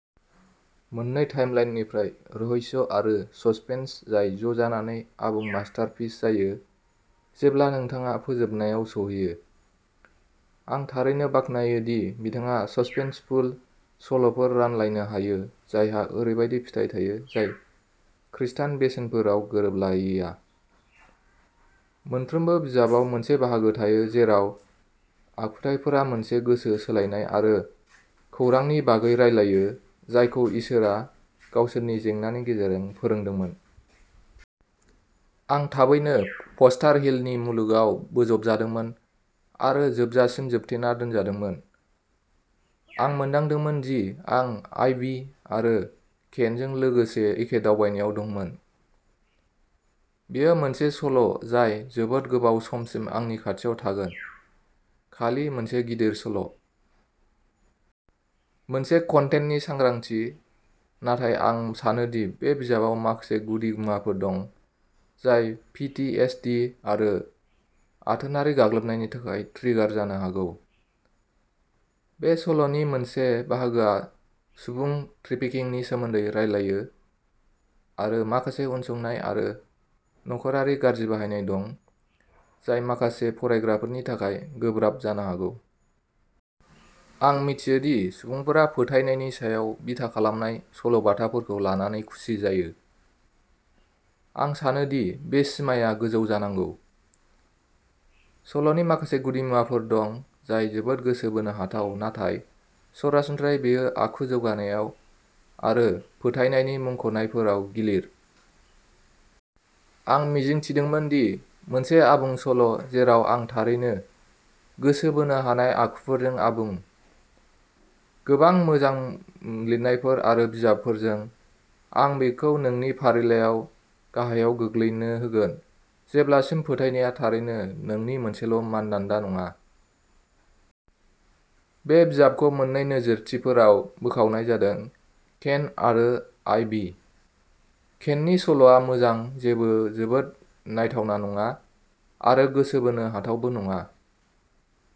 मोननै टाइमलाइननिफ्राय रहस्य आरो ससपेन्स जाय जजानानै आबुं मास्टारपिस जायो जेब्ला नोंथाङा फोजोबनायाव सौहैयो। आं थारैनो बाख्नायो दि बिथाङा ससपेन्सफुल सल'फोर रानलायनो हायो जायहा ओरैबायदि फिथाइ थायो जाय खृस्टान बेसेनफोराव गोरोबलायैया। मोनफ्रोमबो बिजाबाव मोनसे बाहागो थायो जेराव आखुथाइफोरा मोनसे गोसो सोलायनाय आरो खौरांनि बागै रायज्लायो जायखौ इसोरआ गावसोरनि जेंनानि गेजेरजों फोरोंदोंमोन। आं थाबैनो फस्टार हिलनि मुलुगाव बोजबजादोंमोन आरो जोबजासिम जोबथेना दोनजादोंमोन। आं मोनदांदोंमोन दि आं आइभी आरो केनजों लोगोसे एखे दावबायनायाव दंमोन। बेयो मोनसे सल' जाय जोबोद गोबाव समसिम आंनि खाथियाव थागोन। खालि मोनसे गिदिर सल'। मोनसे कन्टेन्टनि सांग्रांथि, नाथाय आं सानो दि बे बिजाबाव माखासे गुदि मुवाफोर दं जाय पि ति एस दि आरो आथोनारि गाग्लोबनायनि थाखाय ट्रिगार जानो हागौ। बे सल'नि मोनसे बाहागोआ सुबुं त्रेफिकिंनि सोमोन्दै रायलायो आरो माखासे उनसंनाय आरो नख'रारि गाज्रि बाहायनाय दं जाय माखासे फरायग्राफोरनि थाखाय गोब्राब जानो हागौ। आं मिथियो दि सुबुंफोरा फोथायनायनि सायाव बिथा खालामनाय सल'बाथाफोरखौ लानानै खुसि जायो। आं सानो दि बे सिमाआ गोजौ जानांगौ। सल'नि माखासे गुदिमुवाफोर दं जाय जोबोद गोसो बोनो हाथाव नाथाय सरासनस्रायै बेयो आखु जौगानायाव आरो फोथायनायनि मुंख'नायफोराव गिलिर। आं मिजिंथिदोंमोन दि मोनसे आबुं सल' जेराव आं थारैनो गोसो बोनो हानाय आखुफोरजों आबुं। गोबां मोजां लिरनायफोर आरो बिजाबफोरजों, आं बेखौ नोंनि फारिलाइआव गाहायाव गोग्लैनो होगोन, जेब्लासिम फोथायनाया थारैनो नोंनि मोनसेल' मानदान्दा नङा। बे बिजाबखौ मोन्नै नोजोरथिफोराव बोखावनाय जादों केन आरो आइभि। केननि सल'आ मोजां जेबो जोबोद नायथावना नङा आरो गोसो बोनो हाथावबो नङा।